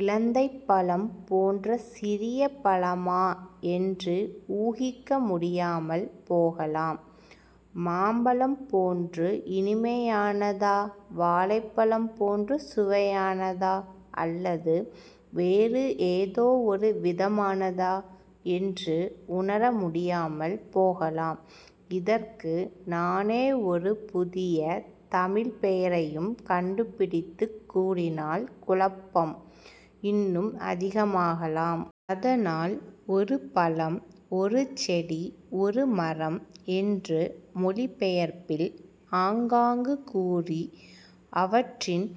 இலந்தைப்பழம் போன்ற சிறிய பழமா? என்று ஊகிக்க முடியாமல் போகலாம். மாம்பழம் போன்று இனிமையானதா? வாழைப்பழம் போன்று சுவையானதா? அல்லது வேறு ஏதோ ஒரு விதமானதா? என்று உணர முடியாமல் போகலாம். இதற்கு நானே ஒரு புதிய தமிழ்ப் பெயரையும் கண்டுப்பிடித்துக் கூறினால் குழப்பம் இன்னும் அதிகமாகலாம். அதனால் 'ஒரு பழம்' 'ஒரு செடி', 'ஒரு மரம்' என்று மொழிபெயர்ப்பில் ஆங்காங்கு கூறி, அவற்றின்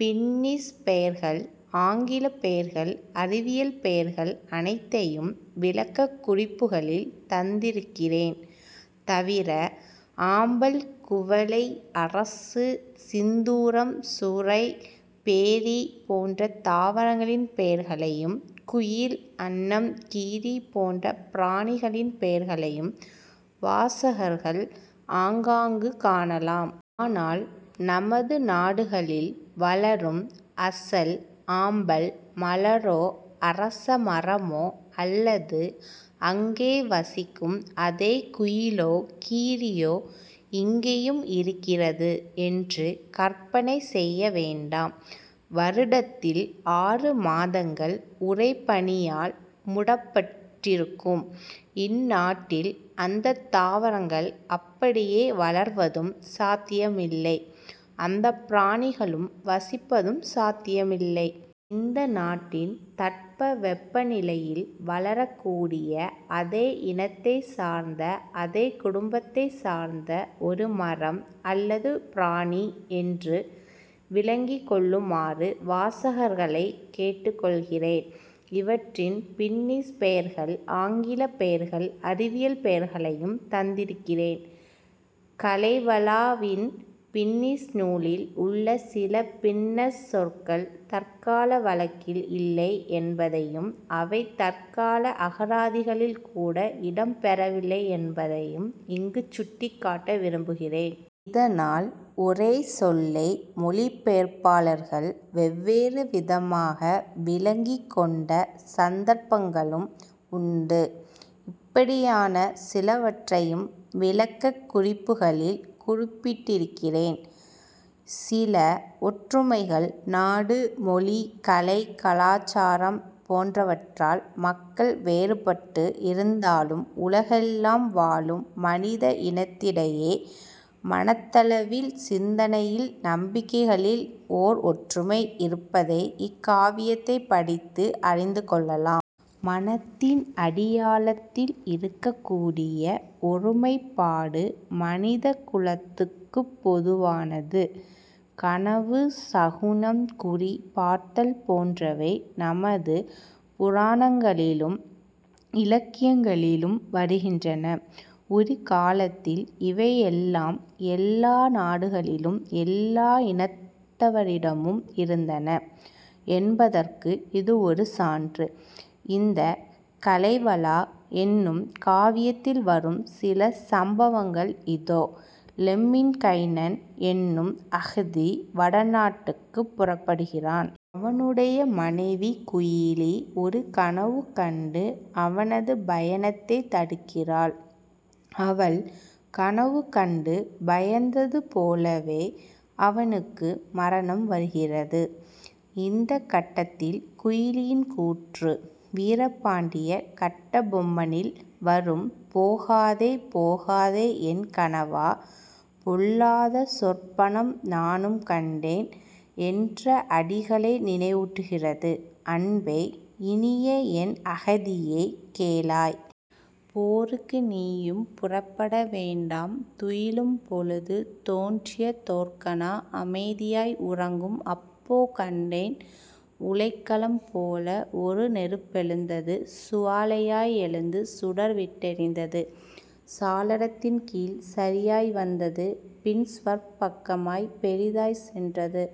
பின்னிஷ் பெயர்கள், ஆங்கிலப் பெயர்கள், அறிவியல் பெயர்கள் அனைத்தையும் 'விளக்கக் குறிப்புகளில்' தந்திருக்கிறேன். தவிர, ஆம்பல், குவளை, அரசு, சிந்தூரம், சூரை, பேரி போன்ற தாவரங்களின் பெயர்களையும் குயில், அன்னம், கீரி போன்ற பிராணிகளின் பெயர்களையும் வாசகர்கள் ஆங்காங்கு காணலாம். ஆனால் நமது நாடுகளில் வளரும் அசல் ஆம்பல் மலரோ அரச மரமோ அல்லது அங்கே வசிக்கும் அதே குயிலோ கீரியோ இங்கேயும் இருக்கிறது என்று கற்பனை செய்ய வேண்டாம். வருடத்தில் ஆறு மாதங்கள் உறைபனியால் முடப்பட்டிருக்கும் இந்நாட்டில் அந்தத் தாவரங்கள் அப்படியே வளர்வதும் சாத்தியமில்லை; அந்த பிராணிகள் வசிப்பதும் சாத்தியமில்லை. இந்த நாட்டின் தட்பவெப்ப நிலையில் வளரக் கூடிய அதே இனத்தைச் சார்ந்த அதே குடும்பத்தைச் சார்ந்த ஒரு மரம் அல்லது பிராணி என்று விளங்கிக் கொள்ளுமாறு வாசகர்களைக் கேட்டுக் கொள்கிறேன். இவற்றின் பின்னிஷ் பெயர்கள், ஆங்கிலப் பெயர்கள், அறிவியல் பெயர்களையும் தந்திருக்கிறேன். 'கலேவலா'வின் பின்னிஷ் நூலில் உள்ள சில பின்னஷ் சொற்கள் தற்கால வழக்கில் இல்லை என்பதையும் அவை தற்கால அகராதிகளில் கூட இடம் பெறவில்லை என்பதையும் இங்குச் சுட்டிக் காட்ட விரும்புகிறேன். இதனால் ஒரே சொல்லை மொழிபெயர்ப்பாளர்கள் வெவ்வேறு விதமாக விளங்கிக் கொண்ட சந்தர்ப்பங்களும் உண்டு. இப்படியான சிலவற்றையும் விளக்கக் குறிப்புகளில் குறிப்பிட்டிருக்கிறேன். சில ஒற்றுமைகள் நாடு, மொழி, கலை, கலாசாரம் போன்றவற்றால் மக்கள் வேறுபட்டு இருந்தாலும், உலகெல்லாம் வாழும் மனித இனத்திடையே மனத்தளவில் சிந்தனையில் நம்பிக்கைகளில் ஓர் ஒற்றுமை இருப்பதை இக்காவியத்தைப் படித்து அறிந்து கொள்ளலாம். மனத்தின் அடியாழத்தில் இருக்கக்கூடிய ஒருமைப்பாடு மனிதக் குலத்துக்குப் பொதுவானது. கனவு, சகுனம், குறி பார்த்தல் போன்றவை நமது புராணங்களிலும் இலக்கியங்களிலும் வருகின்றன. ஒரு காலத்தில் இவையெல்லாம் எல்லா நாடுகளிலும் எல்லா இனத்தவரிடமும் இருந்தன என்பதற்கு இது ஒரு சான்று. இந்தக் 'கலேவலா' என்னும் காவியத்தில் வரும் சில சம்பவங்கள் இதோ: லெம்மின்கைனன் என்னும் அஹ்தி வடநாட்டுக்குப் புறப்படுகிறான். அவனுடைய மனைவி குயிலி ஒரு கனவு கண்டு அவனது பயணத்தைத் தடுக்கிறாள். அவள் கனவு கண்டு பயந்தது போலவே அவனுக்கு மரணம் வருகிறது. இந்தக் கட்டத்தில் குயிலியின் கூற்று 'வீரபாண்டிய கட்டப்பொம்மனி'ல் வரும் "போகாதே போகாதே என் கணவா, பொல்லாத சொற்பனம் நானும் கண்டேன்" என்ற அடிகளை நினைவூட்டுகிறது: "அன்பே, இனியஎன் அஹ்தியே, கேளாய்! போருக்கு நீயும் புறப்பட வேண்டாம் துயிலும் பொழுது தோன்றிய தோர்கனா அமைதியாய் உறங்கும் அப்போ கண்டேன்: உலைக்களம் போல ஒருநெருப் பெழுந்தது சுவாலையாய் எழுந்து சுடர்விட் டெரிந்தது சாளரத் தின்கீழ் சரியாய் வந்தது பின்சுவர்ப் பக்கமாய்ப் பெரிதாய்ச் சென்றது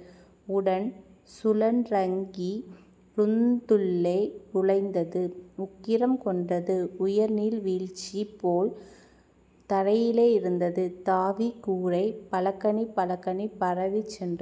உடன்சுழன் றங்கிருந் துள்ளே நுழைந்தது உக்கிரம் கொண்டது உயர்நீர் வீழ்ச்சிபோல் தரையிலே இருந்து தாவிக் கூரை பலகணி பலகணி பரவிச் சென்றது.